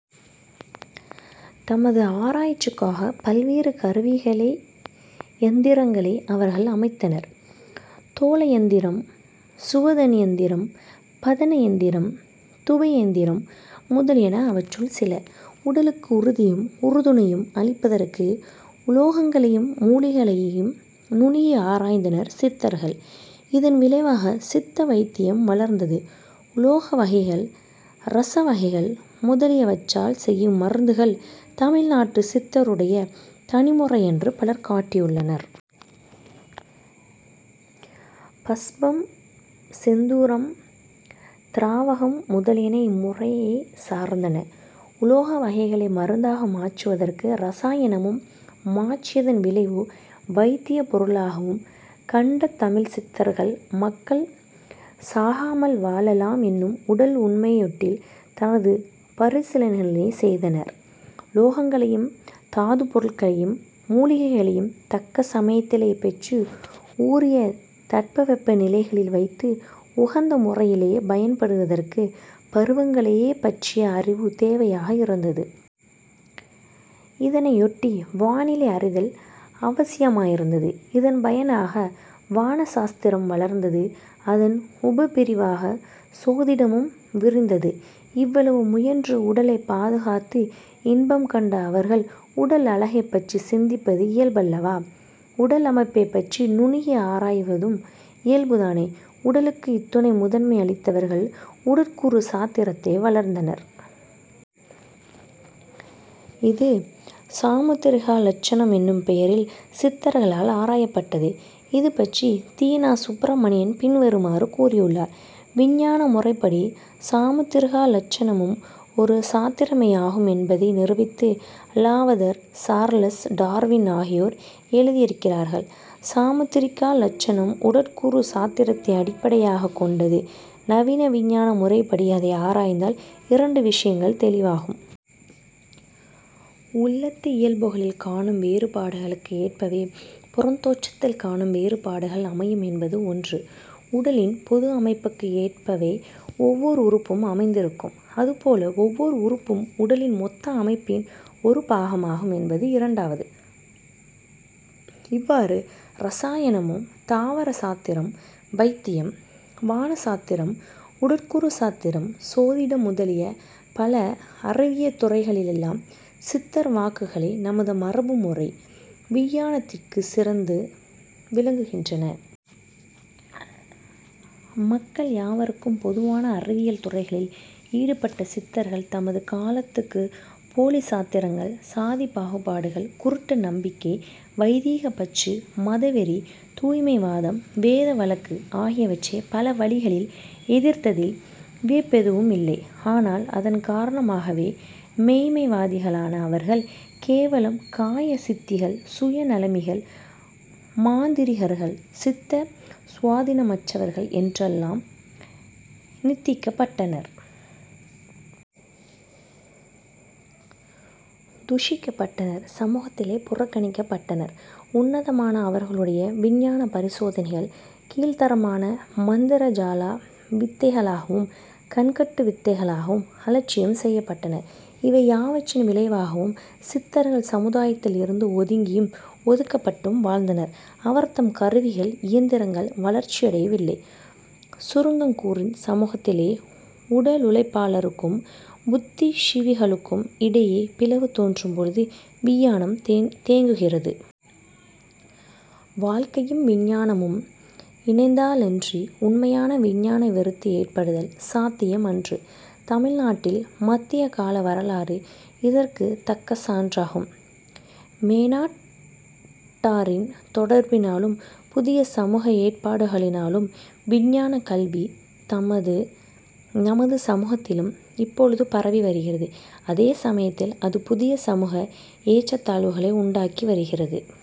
தமது ஆராய்ச்சிக்காகப் பல்வேறு கருவிகளை யந்திரங்களை அவர்கள் அமைத்தனர். தோலயந்திரம், சுவேதனியந்திரம், பதன யந்திரம், தூபயந்திரம் முதலியன அவற்றுள் சில. உடலுக்கு உறுதியும் உறுதுணையும் அளிப்பதற்கு உலோகங்களையும் மூலிகைகளையும் நுணுகி ஆராய்ந்தனர் சித்தர்கள். இதன் விளைவாகச் சித்த வைத்தியம் வளர்ந்தது. உலோக வகைகள், இரசவகைகள் முதலியவற்றால் செய்யும் மருந்துகள், தமிழ் நாட்டுச் சித்தருடைய தனிமுறை என்று பலர் காட்டியுள்ளனர். பஸ்பம், செந்தூரம், திராவகம் முதலியன இம்முறையைச் சார்ந்தன. உலோக வகைகளை மருந்தாக மாற்றுவதற்கு இரசாயனமும், மாற்றியதன் விளைவு வைத்தியப் பொருளாகவும் கண்ட தமிழ்ச் சித்தர்கள், மக்கள் சாகாமல் வாழலாம் என்னும் உடல் உண்மையை யொட்டியே தமது பரிசீலனைகளைச் செய்தனர். உலோகங்களையும், தாதுப் பொருட்களையும் மூலிகைகளையும் தக்க சமயத்திலே பெற்று, உரிய தட்பவெப்ப நிலைகளில் வைத்து, உகந்த முறையிலே பயன்படுத்துவதற்குப் பருவங்களைப் பற்றிய அறிவு தேவையாக இருந்தது. இதனையொட்டி வானிலை அறிதல் அவசியமாயிருந்தது. இதன் பயனாக வான சாஸ்திரம் வளர்ந்தது. அதன் உபபிரிவாகச் சோதிடமும் விரிந்தது. இவ்வளவு முயன்று உடலைப் பாதுகாத்து இன்பம் கண்ட அவர்கள் உடல் அழகைப் பற்றி சிந்திப்பது இயல்பல்லவா? உடலமைப்பைப் பற்றி நுணுகி ஆராய்வதும் இயல்புதானே. உடலுக்கு இத்துணை முதன்மை அளித்தவர்கள் உடற்கூறு சாத்திரத்தை வளர்த்தனர். இது சாமுத்திரிகா லட்சணம் என்னும் பெயரில் சித்தர்களால் ஆராயப்பட்டது. இதுபற்றி தி. நா. சுப்பிரமணியன் பின்வருமாறு கூறியுள்ளார்: "விஞ்ஞான முறைப்படி சாமுத்திரிகா லட்சணமும் ஒரு சாத்திரமேயாகும் என்பதை நிரூபித்து, லாவதர், சார்லஸ் டார்வின் ஆகியோர் எழுதியிருக்கிறார்கள். சாமுத்திரிகா லட்சணம் உடற்கூறு சாத்திரத்தை அடிப்படையாகக் கொண்டது. நவீன விஞ்ஞான முறைப்படி அதை ஆராய்ந்தால் இரண்டு விஷயங்கள் தௌிவாகும். உள்ளத்து இயல்புகளில் காணும் வேறுபாடுகளுக்கு ஏற்பவே புறத்தோற்றத்தில் காணும் வேறுபாடுகள் அமையும் என்பது ஒன்று. உடலின் பொது அமைப்புக்கு ஏற்பவே ஒவ்வோர் உறுப்பும் அமைந்திருக்கும். அதுபோல ஒவ்வோர் உறுப்பும் உடலின் மொத்த அமைப்பின் ஒரு பாகமாகும் என்பது இரண்டாவது. " இவ்வாறு இரசாயனம், தாவர சாத்திரம், வைத்தியம், வானசாத்திரம், உடற்கூறு சாத்திரம், சோதிடம் முதலிய பல அறிவியற் துறைகளிலெல்லாம் சித்தர் வாக்குகளே நமது மரபு முறை விஞ்ஞானத்திற் சிறந்து விளங்குகின்றன. மக்கள் யாவருக்கும் பொதுவான அறிவியல் துறைகளில் ஈடுபட்ட சித்தர்கள் தமது காலத்துக்குப் போலிச் சாத்திரங்கள், சாதிப் பாகுபாடுகள், குருட்டு நம்பிக்கை, வைதிகப் பற்று, மதவெறி, தூய்மை வாதம், வேத வழக்கு ஆகியவற்றைப் பல வழிகளில் எதிர்த்ததில் வியப்பெதுவுமில்லை. ஆனால் அதன் காரணமாகவே மெய்ம்மை வாதிகளான அவர்கள் கேவலம் காய சித்திகள், சுயநலமிகள், மாந்திரீகர்கள், சித்த சுவாதீனமற்றவர்கள் என்றெல்லாம் நிந்திக்கப்பட்டனர். தூஷிக்கப்பட்டனர். சமூகத்திலே புறக்கணிக்கப்பட்டனர். உன்னதமான அவர்களுடைய விஞ்ஞானப் பரிசோதனைகள் கீழ்த்தரமான மந்திர ஜால வித்தைகளாகவும், கண்கட்டு வித்தைகளாகவும், அலட்சியம் செய்யப்பட்டன. இவை யாவற்றின் விளைவாகவும் சித்தர்கள் சமுதாயத்தில் இருந்து ஒதுங்கியும், ஒதுக்கப்பட்டும் வாழ்ந்தனர். அவர்தம் கருவிகள் இயந்திரங்கள் வளர்ச்சியடைய வில்லை. சுருங்கக்கூறின், சமூகத்திலே உடலுழைப்பாளருக்கும் புத்திசீவிகளுக்கும் இடையே பிளவு தோன்றும் பொழுது விஞ்ஞானம் தேங்குகிறது. வாழ்க்கையும் விஞ்ஞானமும் இணைந்தாலன்றி உண்மையான விஞ்ஞான விருத்தி ஏற்படுதல் சாத்தியமன்று. தமிழ் நாட்டின் மத்தியகால வரலாறு இதற்குத் தக்க சான்றாகும். மேனாட்டாரின் தொடர்பினாலும், புதிய சமூக ஏற்பாடுகளினாலும் விஞ்ஞானக் கல்வி, நமது சமூகத்திலும் இப்பொழுது பரவி வருகிறது. அதே சமயத்தில் அது புதிய சமூக ஏற்றத்தாழ்வுகளை உண்டாக்கி வருகிறது.